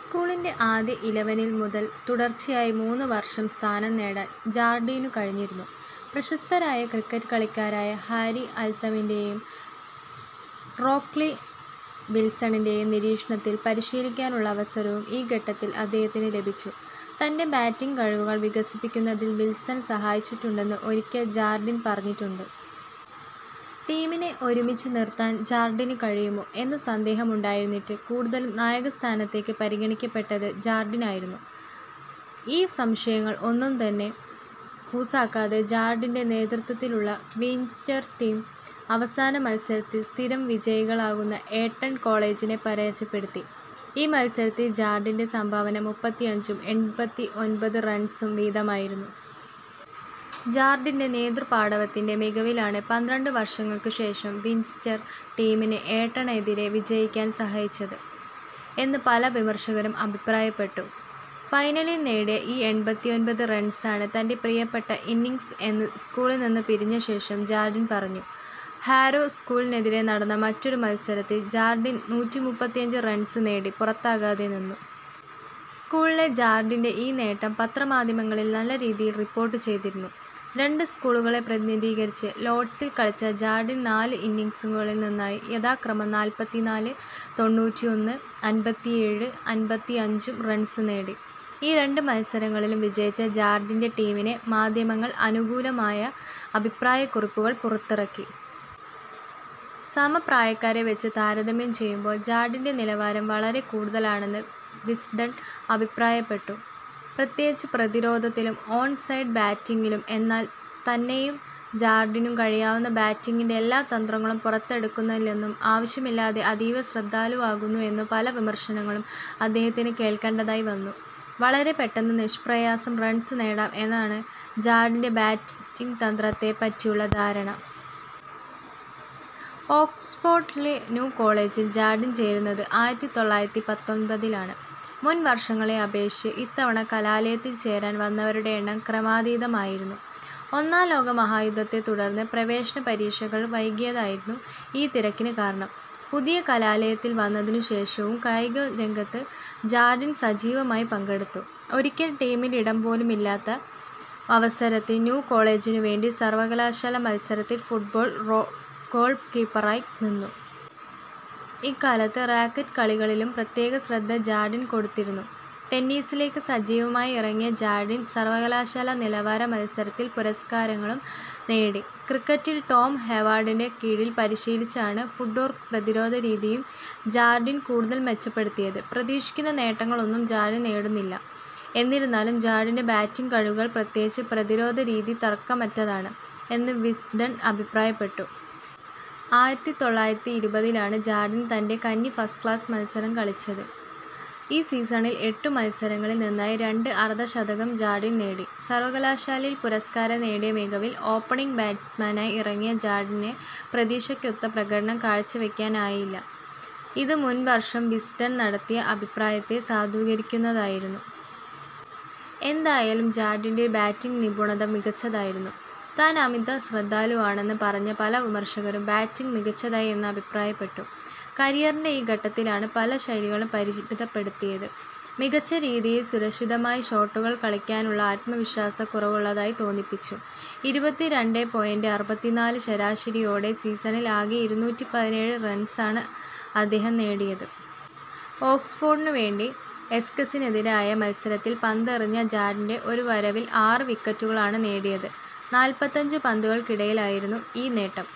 സ്കൂളിൻ്റെ ആദ്യ ഇലവനിൽ മുതൽ തുടർച്ചയായി മൂന്ന് വർഷം സ്ഥാനം നേടാൻ ജാർഡീനു കഴിഞ്ഞിരുന്നു. പ്രശസ്തരായ ക്രിക്കറ്റ് കളിക്കാരായ ഹാരി അൽതമിൻ്റേയും റോക്ലി വിൽസണിൻ്റേയും നിരീക്ഷണത്തിൽ പരിശീലിക്കാനുള്ള അവസരവും ഈ ഘട്ടത്തിൽ അദ്ദേഹത്തിനു ലഭിച്ചു. തൻ്റെ ബാറ്റിംഗ് കഴിവുകൾ വികസിപ്പിക്കുന്നതിൽ വിൽസൺ സഹായിച്ചിട്ടുണ്ടെന്ന് ഒരിക്കൽ ജാർഡീൻ പറഞ്ഞിട്ടുണ്ട്. ടീമിനെ ഒരുമിച്ച് നിർത്താൻ ജാർഡീനു കഴിയുമോ എന്ന സന്ദേഹമുണ്ടായിരുന്നിട്ട് കൂതലും നായകസ്ഥാനത്തേക്ക് പരിഗണിക്കപ്പെട്ടത് ജാർഡീനായിരുന്നു. ഈ സംശയങ്ങൾ ഒന്നും തന്നെ കൂസാക്കാതെ ജാർഡീൻ്റെ നേതൃത്തത്തിലുള്ള വിഞ്ചെസ്റ്റർ ടീം അവസാന മത്സരത്തിൽ സ്ഥിരം വിജയികളാവുന്ന ഏട്ടൺ കോളജിനെ പരാജയപ്പെടുത്തി. ഈ മത്സരത്തിൽ ജാർഡീൻ്റെ സംഭാവന മുപ്പത്തിഅഞ്ചും എൺപത്തിഒൻപത് റൺസും വീതമായിരുന്നു. ജാർഡീൻ്റെ നേതൃ പാഠവത്തിൻ്റെ മികവിലാണ് പന്ത്രണ്ട് വർഷങ്ങൾക്ക് ശേഷം വിഞ്ചെസ്റ്റർ ടീമിന് ഏട്ടണെതിര വിജയിക്കാൻ സഹായിച്ചത് എന്ന് പല വിമർശകരും അഭിപ്രായപ്പെട്ടു. ഫൈനലിൽ നേടിയ ഈ എൺപത്തിഒൻപത് റൺസാണ് തൻ്റെ പ്രിയപ്പെട്ട ഇന്നിംഗ്സ് എന്ന് സ്കൂളിൽ നിന്നു പിരിഞ്ഞ ശേഷം ജാർഡീൻ പറഞ്ഞു. ഹാരോ സ്കൂളിനെതിരെ നടന്ന മറ്റൊരു മത്സരത്തിൽ ജാർഡീൻ നൂറ്റിമുപ്പത്തിഅഞ്ച് റൺസ് നേടി പുറത്താകാതെ നിന്നു. സ്കൂളിലെ ജാർഡീൻ്റെ ഈ നേട്ടം പത്ര മാധ്യമങ്ങളിൽ നല്ല രീതിയിൽ റിപ്പോർട്ട് ചെയ്തിരുന്നു. രണ്ട് സ്കൂളുകളെ പ്രതിനിധീകരിച്ച് ലോഡ്സിൽ കളിച്ച ജാർഡീൻ നാലു ഇന്നിംഗ്സുകളിൽ നിന്നായി യഥാക്രമം നാല്പത്തിനാല്, തൊണ്ണൂറ്റിഒന്ന്, അൻപത്തിഏഴ്, അൻപത്തിഅഞ്ചും റൺസ് നേടി, ഈ രണ്ട് മത്സരങ്ങളിലും വിജയിച്ച ജാർഡിൻ്റെ ടീമിനെ മാധ്യമങ്ങൾ അനുകൂലമായ അഭിപ്രായകുറിപ്പുകൾ പുറത്തിറക്കി. സമപ്രായക്കാരെ വച്ച് താരതമ്യം ചെയ്യുമ്പോൾ ജാർഡീൻ്റെ നിലവാരം വളരെ കൂടുതലാണന്ന് വിസ്ഡൺ അഭിപ്രായപ്പെട്ടു, പ്രത്യേകിച്ച് പ്രതിരോധത്തിലും ഓൺ സൈഡ് ബാറ്റിംഗിലും. എന്നാൽ തന്നെയും ജാർഡീനു കഴിയാവുന്ന ബാറ്റിംഗിൻ്റെ എല്ലാ തന്ത്രങ്ങളും പുറത്തെടുക്കുന്നില്ലെന്നും അവിശ്യമില്ലാതെ അതീവ ശ്രദ്ധാലുവാകുന്നു എന്നും പല വിമർശനങ്ങളും അദ്ദേഹത്തിന് കേൾക്കേണ്ടതായി വന്നു. വളരെ പെട്ടെന്ന് നിഷ്പ്രയാസം റൺസ് നേടാം എന്നാണ് ജാർഡീൻ്റെ ബാറ്റിംഗ് തന്ത്രത്തെ പറ്റിയുള്ള ധാരണ. ഓക്സ്ഫോർഡിലെ ന്യൂ കോളജിൽ ജാർഡീൻ ചേരുന്നത് ആയിരത്തിതൊള്ളായിരത്തിപത്തൊൻപതിലാണ്. മുൻ വർഷങ്ങളെ അപേക്ഷിച്ച് ഇത്തവണ കലാലയത്തിൽ ചേരാൻ വന്നവരുടെ എണ്ണം ക്രമാതീതമായിരുന്നു. ഒന്നാം ലോകമഹായുദ്ധത്തെ തുടർന്ന് പ്രവേശന പരീക്ഷകൾ വൈകിയതായിരുന്നു ഈ തിരക്കിന് കാരണം. പുതിയ കലാലയത്തിൽ വന്നതിനു ശേഷവും കായിക രംഗത്ത് ജാർഡീൻ സജീവമായി പങ്കെടുത്തു, ഒരിക്കൽ ടീമിലിടം പോലുമില്ലാത്ത അവസരത്തിൽ ന്യൂ കോളജിനു വേണ്ടി സർവകലാശാല മത്സരത്തിൽ ഫുട്ബോൾ ഗോൾകീപ്പറായി നിന്നു. ഈക്കാലത്ത് റാക്കറ്റ് കളികളിലും പ്രത്യേക ശ്രദ്ധ ജാർഡീൻ കൊടുത്തിരുന്നു, ടെന്നീസിലേക്ക് സജീവമായി ഇറങ്ങിയ ജാർഡീൻ സർവ്വകലാശാല നിലവാര മത്സരത്തിൽ പുരസ്കാരങ്ങളും നേടി. ക്രിക്കറ്റിൽ ടോം ഹേവാർഡിൻ്റെ കീഴിൽ പരീശിലിച്ചാണ് ഫുട്വർക്കും പ്രതിരോധ രീതിയും ജാർഡീൻ കൂടുതൽ മെച്ചപ്പെടുത്തിയത്. പ്രതീക്ഷിക്കുന്ന നേട്ടങ്ങൾ ഒന്നും ജാർഡീൻ നേടുന്നില്ല, എന്നിരുന്നാലും ജാർഡീൻ്റെ ബാറ്റിംഗ് കഴിവുകൾ പ്രത്യേകിച്ച് പ്രതിരോധ രീതി തർക്കമറ്റതാണ് എന്ന് വിസ്ഡൺ അഭിപ്രായപ്പെട്ടു. ആയിരത്തിതൊള്ളായിരത്തിഇരുപതിലാണ് ജാർഡീൻ തൻ്റെ കന്നി ഫസ്റ്റ് ക്ലാസ് മത്സരം കളിച്ചത്, ഈ സീസണിൽ എട്ടു മത്സരങ്ങളിൽ നിന്നായി രണ്ട് അർദ്ധ ശതകം ജാർഡീൻ നേടി. സർവകലാശാലയിൽ പുരസ്കാരം നേടിയ മികവിൽ ഓപ്പണിംഗ് ബാറ്റ്സ്മാനായി ഇറങ്ങിയ ജാർഡീന് പ്രതീക്ഷക്കൊത്ത പ്രകടനം കാഴ്ചവയ്ക്കാനായില്ല, ഇത് മുൻ വർഷം വിസ്ഡൺ നടത്തിയ അഭിപ്രായത്തെ സാധൂകരിക്കുന്നതായിരുന്നു. എന്തായാലും ജാർഡീൻ്റെ ബാറ്റിംഗ് നിപുണത മികച്ചതായിരുന്നു, താൻ അമിത ശ്രദ്ധാലുവാണെന്ന് പറഞ്ഞ പല വിമർശകരും ബാറ്റിംഗ് മികച്ചതായി എന്ന് അഭിപ്രായപ്പെട്ടു. കരിയറിൻ്റെ ഈ ഘട്ടത്തിലാണ് പല ശൈലികളും പരിമിതപ്പെടുത്തിയത്, മികച്ച രീതിയിൽ സുരക്ഷിതമായി ഷോട്ടുകൾ കളിയ്ക്കാനുള്ള അത്മവിശ്വാസക്കുറവുള്ളതായി തോന്നിപ്പിച്ചു. ഇരുപത്തിരണ്ടെ പോയിൻ്റ് അറുപത്തിനാല് ശരാശരിയോടേ സീസണിൽ ആകെ ഇരുന്നൂറ്റിപതിനേഴ് റൺസാണ് അദ്ദേഹം നേടിയത്. ഓക്സ്ഫോർഡിനു വേണ്ടി എസെക്സിനെതിരായ മത്സരത്തിൽ പന്തെറിഞ്ഞ ജാർഡീൻ്റെ ഒരു വരവിൽ ആറ് വിക്കറ്റുകളാണ് നേടിയത് നാല്പത്തിഅഞ്ച് പന്തുകൾക്കിടയിലായിരുന്നൂ ഈ നേട്ടം.